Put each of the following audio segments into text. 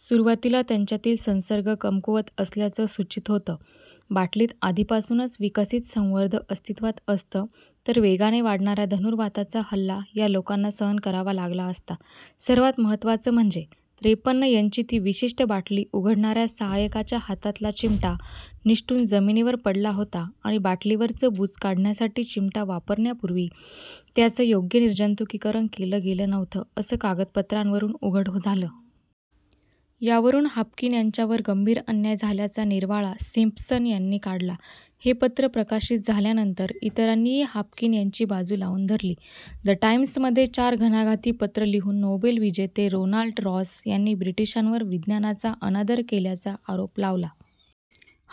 सुरुवातीला त्यांच्यातील संसर्ग कमकुवत असल्याचं सूचित होतं. बाटलीत आधीपासूनच विकसित संवर्ध अस्तित्वात असतं, तर वेगाने वाढणाऱ्या धनुर्वाताचा हल्ला या लोकांना सहन करावा लागला असता. सर्वांत महत्त्वाचं म्हणजे, त्रेपन्न एनची ती विशिष्ट बाटली उघडणाऱ्या सहायकाच्या हातातला चिमटा निसटून जमिनीवर पडला होता आणि बाटलीवरचं बूच काढण्यासाठी चिमटा वापरण्यापूर्वी त्याचं योग्य निर्जंतुकीकरण केलं गेलं नव्हतं, असं कागदपत्रांवरून उघड झालं. यावरून, हाफकिन यांच्यावर गंभीर अन्याय झाल्याचा निर्वाळा सिम्प्सन यांनी काढला. हे पत्र प्रकाशित झाल्यानंतर इतरांनीही हाफकिन यांची बाजू लावून धरली. द टाइम्समध्ये चार घणाघाती पत्रं लिहून नोबेलविजेते रोनाल्ड रॉस यांनी ब्रिटिशांवर विज्ञानाचा अनादर केल्याचा आरोप लावला.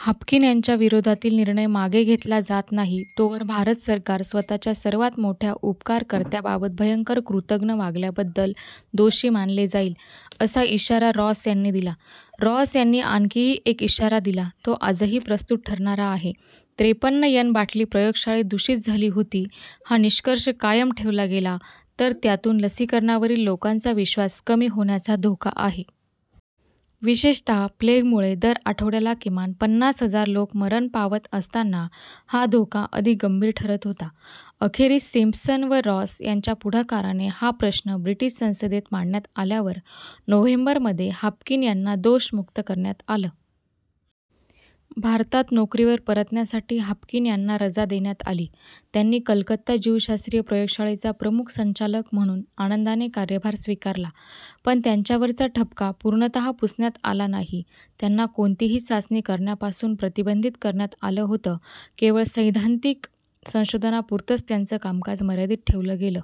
हाफकिन यांच्या विरोधातील निर्णय मागे घेतला जात नाही, तोवर भारत सरकार स्वतःच्या सर्वांत मोठ्या उपकारकर्त्याबाबत भयंकर कृतघ्न वागल्याबद्दल दोषी मानले जाईल, असा इशारा रॉस यांनी दिला. रॉस यांनी आणखीही एक इशारा दिला, तो आजही प्रस्तुत ठरणारा आहे: त्रेपन्न एन बाटली प्रयोगशाळेत दूषित झाली होती, हा निष्कर्ष कायम ठेवला गेला, तर त्यातून लसीकरणावरील लोकांचा विश्वास कमी होण्याचा धोका आहे. विशेषतः प्लेगमुळे दर आठवड्याला किमान पन्नास हजार लोक मरण पावत असताना हा धोका अधिक गंभीर ठरत होता. अखेरीस सिम्प्सन व रॉस यांच्या पुढाकाराने हा प्रश्न ब्रिटिश संसदेत मांडण्यात आल्यावर, नोव्हेंबरमध्ये हाफकिन यांना दोषमुक्त करण्यात आलं. भारतात नोकरीवर परतण्यासाठी हाफकिन यांना रजा देण्यात आली. त्यांनी कलकत्ता जीवशास्त्रीय प्रयोगशाळेचा प्रमुख संचालक म्हणून आनंदाने कार्यभार स्वीकारला. पण त्यांच्यावरचा ठपका पूर्णतः पुसण्यात आला नाही त्यांना कोणतीही चाचणी करण्यापासून प्रतिबंधित करण्यात आलं होतं केवळ सैद्धान्तिक संशोधनापुरतंच त्यांचं कामकाज मर्यादित ठेवलं गेलं.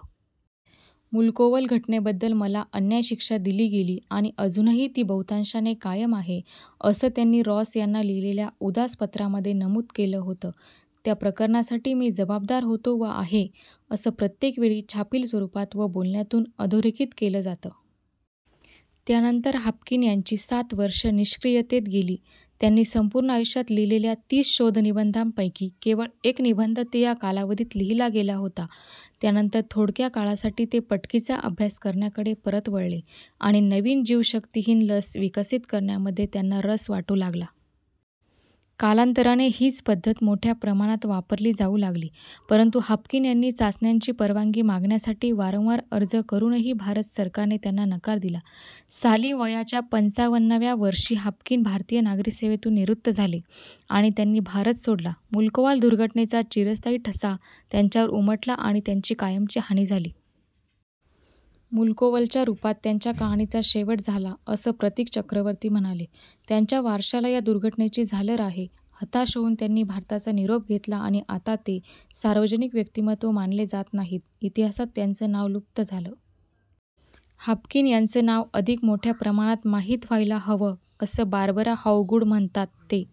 मुल्कोवल घटनेबद्दल मला अन्याय शिक्षा दिली गेली आणि अजूनही ती बहुतांशाने कायम आहे, असं त्यांनी रॉस यांना लिहिलेल्या उदास पत्रामध्ये नमूद केलं होतं. त्या प्रकरणासाठी मी जबाबदार होतो व आहे, असं प्रत्येक वेळी छापील स्वरूपात व बोलण्यातून अधोरेखित केलं जातं. त्यानंतर हाफकिन यांची सात वर्षं निष्क्रियतेत गेली. त्यांनी संपूर्ण आयुष्यात लिहिलेल्या तीस शोधनिबंधांपैकी केवळ एक निबंध ते या कालावधीत लिहिला गेला होता. त्यानंतर थोडक्या काळासाठी ते पटकीचा अभ्यास करण्याकडे परत वळले आणि नवीन जीवशक्तिहीन लस विकसित करण्यामध्ये त्यांना रस वाटू लागला. कालांतराने हीच पद्धत मोठ्या प्रमाणात वापरली जाऊ लागली. परंतु, हाफकिन यांनी चाचण्यांची परवानगी मागण्यासाठी वारंवार अर्ज करूनही भारत सरकारने त्यांना नकार दिला. साली वयाच्या पंचावन्नव्या वर्षी हाफकिन भारतीय नागरी सेवेतून निवृत्त झाले आणि त्यांनी भारत सोडला मुल्कोवाल दुर्घटनेचा चिरस्थायी ठसा त्यांच्यावर उमटला आणि त्यांची कायमची हानी झाली. मुल्कोवलच्या रूपात त्यांच्या कहाणीचा शेवट झाला, असं प्रतीक चक्रवर्ती म्हणाले. त्यांच्या वारशाला या दुर्घटनेची झालर आहे. हताश होऊन त्यांनी भारताचा निरोप घेतला आणि आता ते सार्वजनिक व्यक्तिमत्व मानले जात नाहीत. इतिहासात त्यांचं नाव लुप्त झालं. हाफकिन यांचं नाव अधिक मोठ्या प्रमाणात माहीत व्हायला हवं, असं बार्बरा हॉवगूड म्हणतात. ते